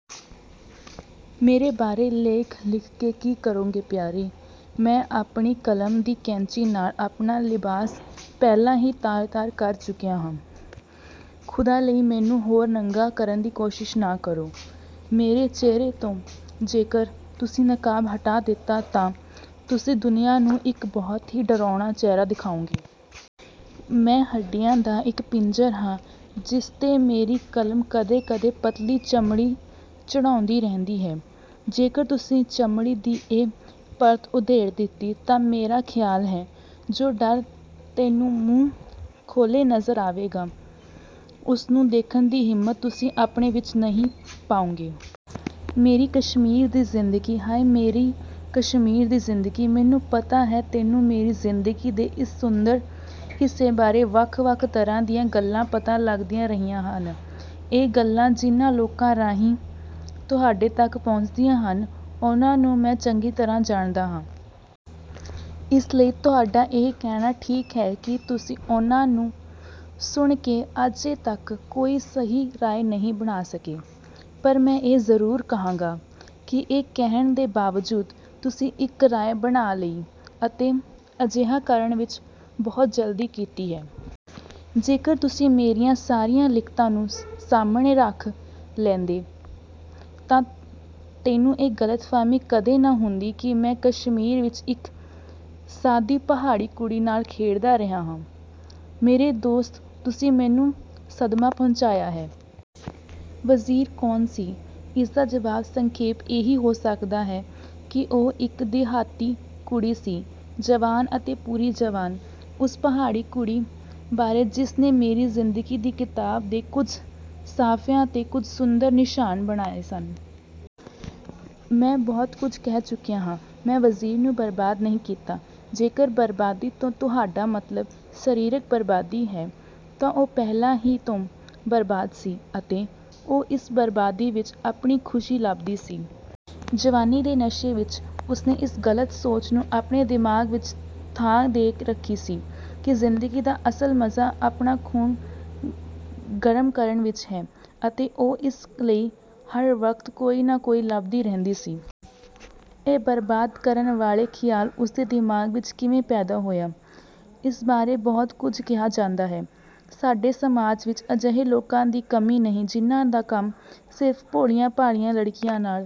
ਮੇਰੇ ਬਾਰੇ ਲੇਖ ਲਿਖ ਕੇ ਕੀ ਕਰੋਗੇ ਪਿਆਰੇ! ਮੈਂ ਆਪਣੀ ਕਲਮ ਦੀ ਕੈਂਚੀ ਨਾਲ਼ ਆਪਣਾ ਲਿਬਾਸ ਪਹਿਲਾਂ ਹੀ ਤਾਰ-ਤਾਰ ਕਰ ਚੁੱਕਿਆ ਹਾਂ। ਖ਼ੁਦਾ ਲਈ ਮੈਨੂੰ ਹੋਰ ਨੰਗਾ ਕਰਨ ਦੀ ਕੋਸ਼ਿਸ਼ ਨਾ ਕਰੋ। ਮੇਰੇ ਚਿਹਰੇ ਤੋਂ ਜੇਕਰ ਤੁਸੀਂ ਨਕਾਬ ਹਟਾ ਦਿੱਤਾ ਤਾਂ ਤੁਸੀਂ ਦੁਨੀਆ ਨੂੰ ਇੱਕ ਬਹੁਤ ਹੀ ਡਰਾਉਣਾ ਚਿਹਰਾ ਦਿਖਾਓਗੇ। ਮੈਂ ਹੱਡੀਆਂ ਦਾ ਇੱਕ ਪਿੰਜਰ ਹਾਂ ਜਿਸ ਤੇ ਮੇਰੀ ਕਲਮ ਕਦੇ-ਕਦੇ ਪਤਲੀ ਚਮੜੀ ਚੜ੍ਹਾਉਂਦੀ ਰਹਿੰਦੀ ਹੈ। ਜੇਕਰ ਤੁਸੀਂ ਚਮੜੀ ਦੀ ਇਹ ਪਰਤ ਉਧੇੜ ਦਿੱਤੀ ਤਾਂ ਮੇਰਾ ਖ਼ਿਆਲ ਹੈ ਜੋ ਡਰ ਤੈਨੂੰ ਮੂੰਹ ਖੋਲ੍ਹੇ ਨਜ਼ਰ ਆਵੇਗਾ, ਉਸਨੂੰ ਦੇਖਣ ਦੀ ਹਿੰਮਤ ਤੁਸੀਂ ਆਪਣੇ ਵਿੱਚ ਨਹੀਂ ਪਾਓਗੇ। ਮੇਰੀ ਕਸ਼ਮੀਰ ਦੀ ਜ਼ਿੰਦਗੀ, ਹਾਏ ਮੇਰੀ ਕਸ਼ਮੀਰ ਦੀ ਜ਼ਿੰਦਗੀ! ਮੈਨੂੰ ਪਤਾ ਹੈ ਤੈਨੂੰ ਮੇਰੀ ਜ਼ਿੰਦਗੀ ਦੇ ਇਸ ਸੁੰਦਰ ਹਿੱਸੇ ਬਾਰੇ ਵੱਖ-ਵੱਖ ਤਰ੍ਹਾਂ ਦੀਆਂ ਗੱਲਾਂ ਪਤਾ ਲੱਗਦੀਆਂ ਰਹੀਆਂ ਹਨ। ਇਹ ਗੱਲਾਂ ਜਿਨ੍ਹਾਂ ਲੋਕਾਂ ਰਾਹੀਂ ਤੁਹਾਡੇ ਤੱਕ ਪਹੁੰਚਦੀਆਂ ਹਨ, ਉਨ੍ਹਾਂ ਨੂੰ ਮੈਂ ਚੰਗੀ ਤਰ੍ਹਾਂ ਜਾਣਦਾ ਹਾਂ। ਇਸ ਲਈ ਤੁਹਾਡਾ ਇਹ ਕਹਿਣਾ ਠੀਕ ਹੈ ਕਿ ਤੁਸੀਂ ਉਨ੍ਹਾਂ ਨੂੰ ਸੁਣ ਕੇ ਅਜੇ ਤੱਕ ਕੋਈ ਸਹੀ ਰਾਏ ਨਹੀਂ ਬਣਾ ਸਕੇ। ਪਰ ਮੈਂ ਇਹ ਜ਼ਰੂਰ ਕਹਾਂਗਾ ਕਿ ਇਹ ਕਹਿਣ ਦੇ ਬਾਵਜੂਦ ਤੁਸੀਂ ਇੱਕ ਰਾਏ ਬਣਾ ਲਈ ਅਤੇ ਅਜਿਹਾ ਕਰਨ ਵਿੱਚ ਬਹੁਤ ਜਲਦੀ ਕੀਤੀ ਹੈ। ਜੇਕਰ ਤੁਸੀਂ ਮੇਰੀਆਂ ਸਾਰੀਆਂ ਲਿਖਤਾਂ ਨੂੰ ਸਾਹਮਣੇ ਰੱਖ ਲੈਂਦੇ ਤਾਂ ਤੈਨੂੰ ਇਹ ਗਲਤਫਹਿਮੀ ਕਦੇ ਨਾ ਹੁੰਦੀ ਕਿ ਮੈਂ ਕਸ਼ਮੀਰ ਵਿੱਚ ਇੱਕ ਸਾਦੀ ਪਹਾੜੀ ਕੁੜੀ ਨਾਲ਼ ਖੇਡਦਾ ਰਿਹਾ ਹਾਂ। ਮੇਰੇ ਦੋਸਤ ਤੁਸੀਂ ਮੈਨੂੰ ਸਦਮਾ ਪਹੁੰਚਾਇਆ ਹੈ। ਵਜ਼ੀਰ ਕੌਣ ਸੀ? ਇਸਦਾ ਜਵਾਬ ਸੰਖੇਪ ਇਹੀ ਹੋ ਸਕਦਾ ਹੈ ਕਿ ਉਹ ਇੱਕ ਦਿਹਾਤੀ ਕੁੜੀ ਸੀ। ਜਵਾਨ ਅਤੇ ਪੂਰੀ ਜਵਾਨ! ਉਸ ਪਹਾੜੀ ਕੁੜੀ ਬਾਰੇ ਜਿਸ ਨੇ ਮੇਰੀ ਜ਼ਿੰਦਗੀ ਦੀ ਕਿਤਾਬ ਦੇ ਕੁੱਝ ਸਫਿਆਂ ਤੇ ਕੁਝ ਸੁੰਦਰ ਨਿਸ਼ਾਨ ਬਣਾਏ ਹਨ। ਮੈਂ ਬਹੁਤ ਕੁੱਝ ਕਹਿ ਚੁੱਕਿਆ ਹਾਂ। ਮੈਂ ਵਜ਼ੀਰ ਨੂੰ ਬਰਬਾਦ ਨਹੀਂ ਕੀਤਾ। ਜੇਕਰ 'ਬਰਬਾਦੀ' ਤੋਂ ਤੁਹਾਡਾ ਮਤਲਬ 'ਸਰੀਰਕ ਬਰਬਾਦੀ' ਹੈ ਤਾਂ ਉਹ ਪਹਿਲਾਂ ਹੀ ਤੋਂ ਬਰਬਾਦ ਸੀ, ਅਤੇ ਉਹ ਇਸ ਬਰਬਾਦੀ ਵਿੱਚ ਆਪਣੀ ਖ਼ੁਸ਼ੀ ਲੱਭਦੀ ਸੀ। ਜਵਾਨੀ ਦੇ ਨਸ਼ੇ ਵਿੱਚ ਉਸਨੇ ਇਸ ਗ਼ਲਤ ਸੋਚ ਨੂੰ ਆਪਣੇ ਦਿਮਾਗ਼ ਵਿੱਚ ਥਾਂ ਦੇ ਰੱਖੀ ਸੀ ਕਿ ਜ਼ਿੰਦਗੀ ਦਾ ਅਸਲ ਮਜ਼ਾ ਆਪਣਾ ਖ਼ੂਨ ਗਰਮ ਕਰਨ ਵਿੱਚ ਹੈ, ਅਤੇ ਉਹ ਇਸ ਲਈ ਹਰ ਵਕਤ ਕੋਈ ਨਾ ਕੋਈ ਲੱਭਦੀ ਰਹਿੰਦੀ ਸੀ। ਇਹ ਬਰਬਾਦ ਕਰਨ ਵਾਲੇ ਖਿਆਲ ਉਸਦੇ ਦਿਮਾਗ਼ ਵਿੱਚ ਕਿਵੇਂ ਪੈਦਾ ਹੋਇਆ, ਇਸ ਬਾਰੇ ਬਹੁਤ ਕੁੱਝ ਕਿਹਾ ਜਾਂਦਾ ਹੈ। ਸਾਡੇ ਸਮਾਜ ਵਿੱਚ ਅਜਿਹੇ ਲੋਕਾਂ ਦੀ ਕਮੀ ਨਹੀਂ ਜਿਨ੍ਹਾਂ ਦਾ ਕੰਮ ਸਿਰਫ ਭੋਲੀਆਂ-ਭਾਲੀਆਂ ਲੜਕੀਆਂ ਨਾਲ